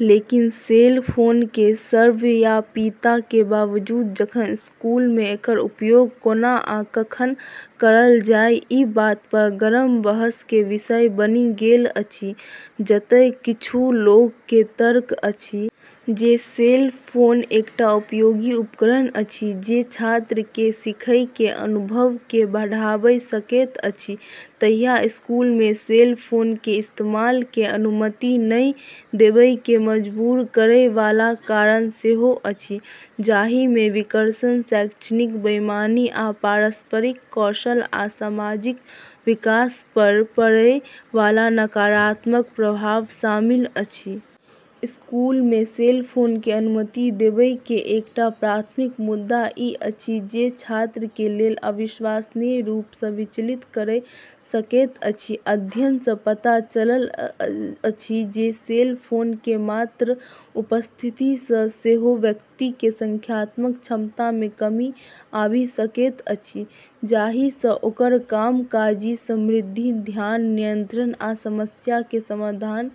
लेकिन, cell phone के सर्वव्यापीता के बावजूद जखन स्कूल मे एकर उपयोग कोना आ कखन करल जाए, ई बात पर गरम बहस के विषय बनि गेल अछि। जतय किछु लोक के तर्क अछि जे सेल फोन एकटा उपयोगी उपकरण अछि जे छात्र के सीखय के अनुभव के बढ़ाबय सकैत अछि, तहिया स्कूल मे सेल फोन के इस्तेमाल के अनुमति नहि देबय के मजबूर करय वाला कारण सेहो अछि, जाहि मे विकर्षण, शैक्षणिक बेईमानी आ पारस्परिक कौशल आ सामाजिक विकास पर पड़य वाला नकारात्मक प्रभाव शामिल अछि। स्कूल मे सेल फोन के अनुमति देबय के एकटा प्राथमिक मुद्दा ई अछि जे ई छात्र के लेल अविश्वसनीय रूप सँ विचलित करय सकैत अछि। अध्ययन सँ पता चलल अछि जे सेल फोन के मात्र उपस्थिति सँ सेहो व्यक्ति के संज्ञानात्मक क्षमता मे कमी आबि सकैत अछि, जाहि सँ ओकर कामकाजी स्मृति, ध्यान नियंत्रण आ समस्या के समाधान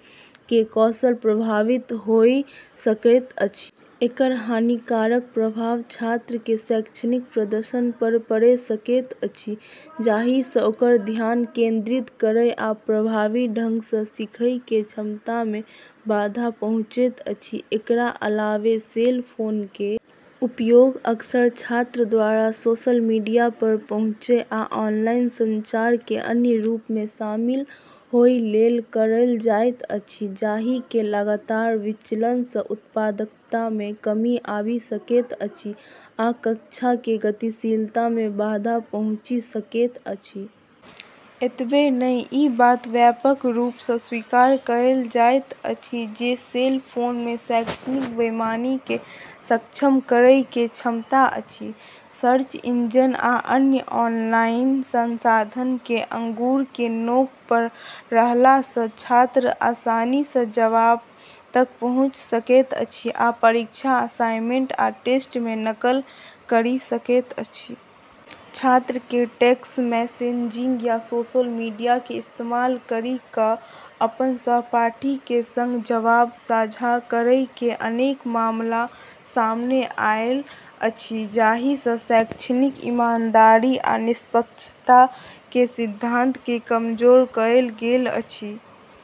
के कौशल प्रभावित होय सकैत अछि। एकर हानिकारक प्रभाव छात्र के शैक्षणिक प्रदर्शन पर पड़ै सकैत अछि, जाहि सँ ओकर ध्यान केंद्रित करय आ प्रभावी ढंग सँ सीखय के क्षमता मे बाधा पहुँचैत अछि। एकरा अलावे, सेल फोन के उपयोग अक्सर छात्र द्वारा सोशल मीडिया पर पहुँचय आ ऑनलाइन संचार के अन्य रूप मे शामिल होय लेल करल जाएत अछि, जाहि के लगातार विचलन सँ उत्पादकता मे कमी आबि सकैत अछि आ कक्षा के गतिशीलता मे बाधा पहुँचि सकैत अछि। एतबे नहि, ई बात व्यापक रूप सँ स्वीकार कएल जाएत अछि जे सेल फोन मे शैक्षणिक बेईमानी के सक्षम करय के क्षमता अछि। सर्च इंजन आ अन्य ऑनलाइन संसाधन के अंगुर के नोक पर रहला सँ छात्र आसानी सँ जवाब तक पहुँचि सकैत अछि आ परीक्षा, असाइनमेंट आ टेस्ट मे नकल करि सकैत अछि। छात्र के टेक्स्ट मैसेजिंग या सोशल मीडिया के इस्तेमाल करि क' अपन सहपाठी के संग जवाब साझा करय के अनेक मामला सामने आएल अछि, जाहि सँ शैक्षणिक ईमानदारी आ निष्पक्षता के सिद्धांत के कमजोर कएल गेल अछि।